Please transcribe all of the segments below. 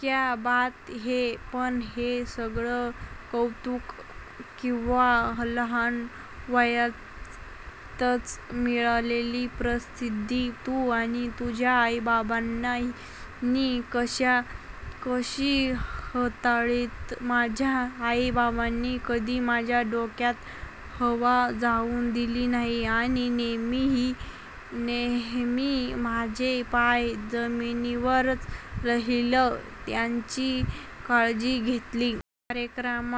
क्या बात हैं! पण हे सगळं कौतुक किंवा लहान वयातच मिळालेली प्रसिद्धी तू आणि तुझ्या आई-बाबांनी कशी हाताळलीत?' 'माझ्या आई-बाबांनी कधी माझ्या डोक्यात हवा जाऊ दिली नाही आणि नेहमी माझे पाय जमिनीवरच राहतील याची काळजी घेतली. कार्यक्रम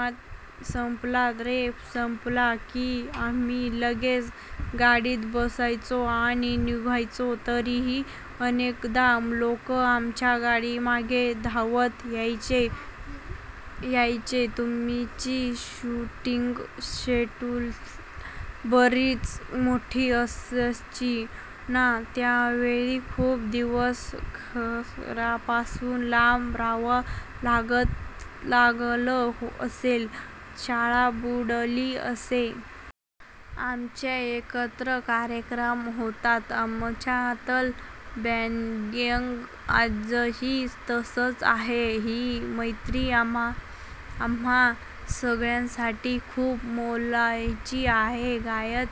संपला रे संपला की आम्ही लगेच गाडीत बसायचो आणि निघायचो. तरीही अनेकदा लोक आमच्या गाडीमागे धावत यायचे!' 'तुमची शूटिंग शेड्यूल्स बरीच मोठी असायची ना? त्यावेळी खूप दिवस घरापासून लांब राहावं लागलं असेल, शाळा बुडाली असेल... आमचे एकत्र कार्यक्रम होतात. आमच्यातलं बॉण्डिंग आजही तसंच आहे. ही मैत्री आम्हा सगळ्यांसाठीच खूप मोलाची आहे!' 'गाण्यात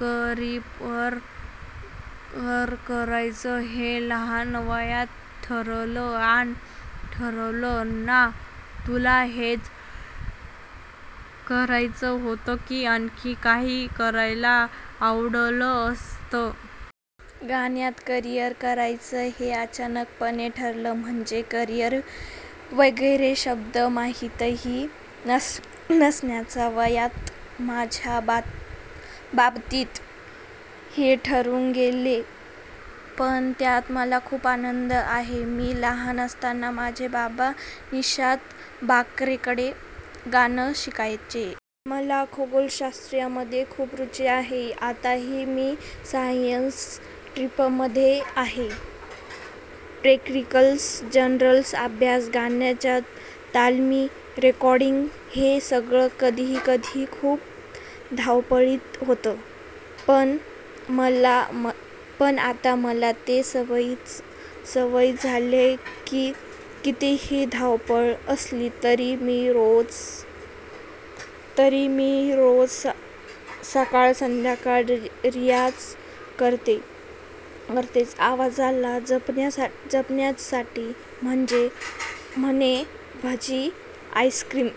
करिअर करायचं हे लहान वयात ठरलं ना? तुला हेच करायचं होतं, की आणखी काही करायला आवडलं असतं?' 'गाण्यात करिअर करायचं हे अचानकपणेच ठरलं. म्हणजे करिअर वगैरे शब्द माहीतही नसण्याच्या वयात माझ्या बाबतीत हे ठरून गेलं. पण त्यात मला खूप आनंद आहे. मी लहान असताना माझे बाबा निषाद बाकरेंकडे गाणं शिकायचे. मला खगोलशास्त्रामध्ये खूप रुची आहे. आताही मी सायन्स स्ट्रीममध्ये आहे. प्रॅक्टिकल्स, जर्नल्स, अभ्यास, गाण्याच्या तालमी, रेकॉर्डिंग्ज हे सगळं कधीकधी खूप धावपळीचं होतं, पण आता मला ते सवयीचं झालंय. कितीही धावपळ असली तरी मी रोज सकाळ-संध्याकाळ रियाज करतेच. आवाजाला जपण्यासाठी म्हणे भजी, आईस्क्रीम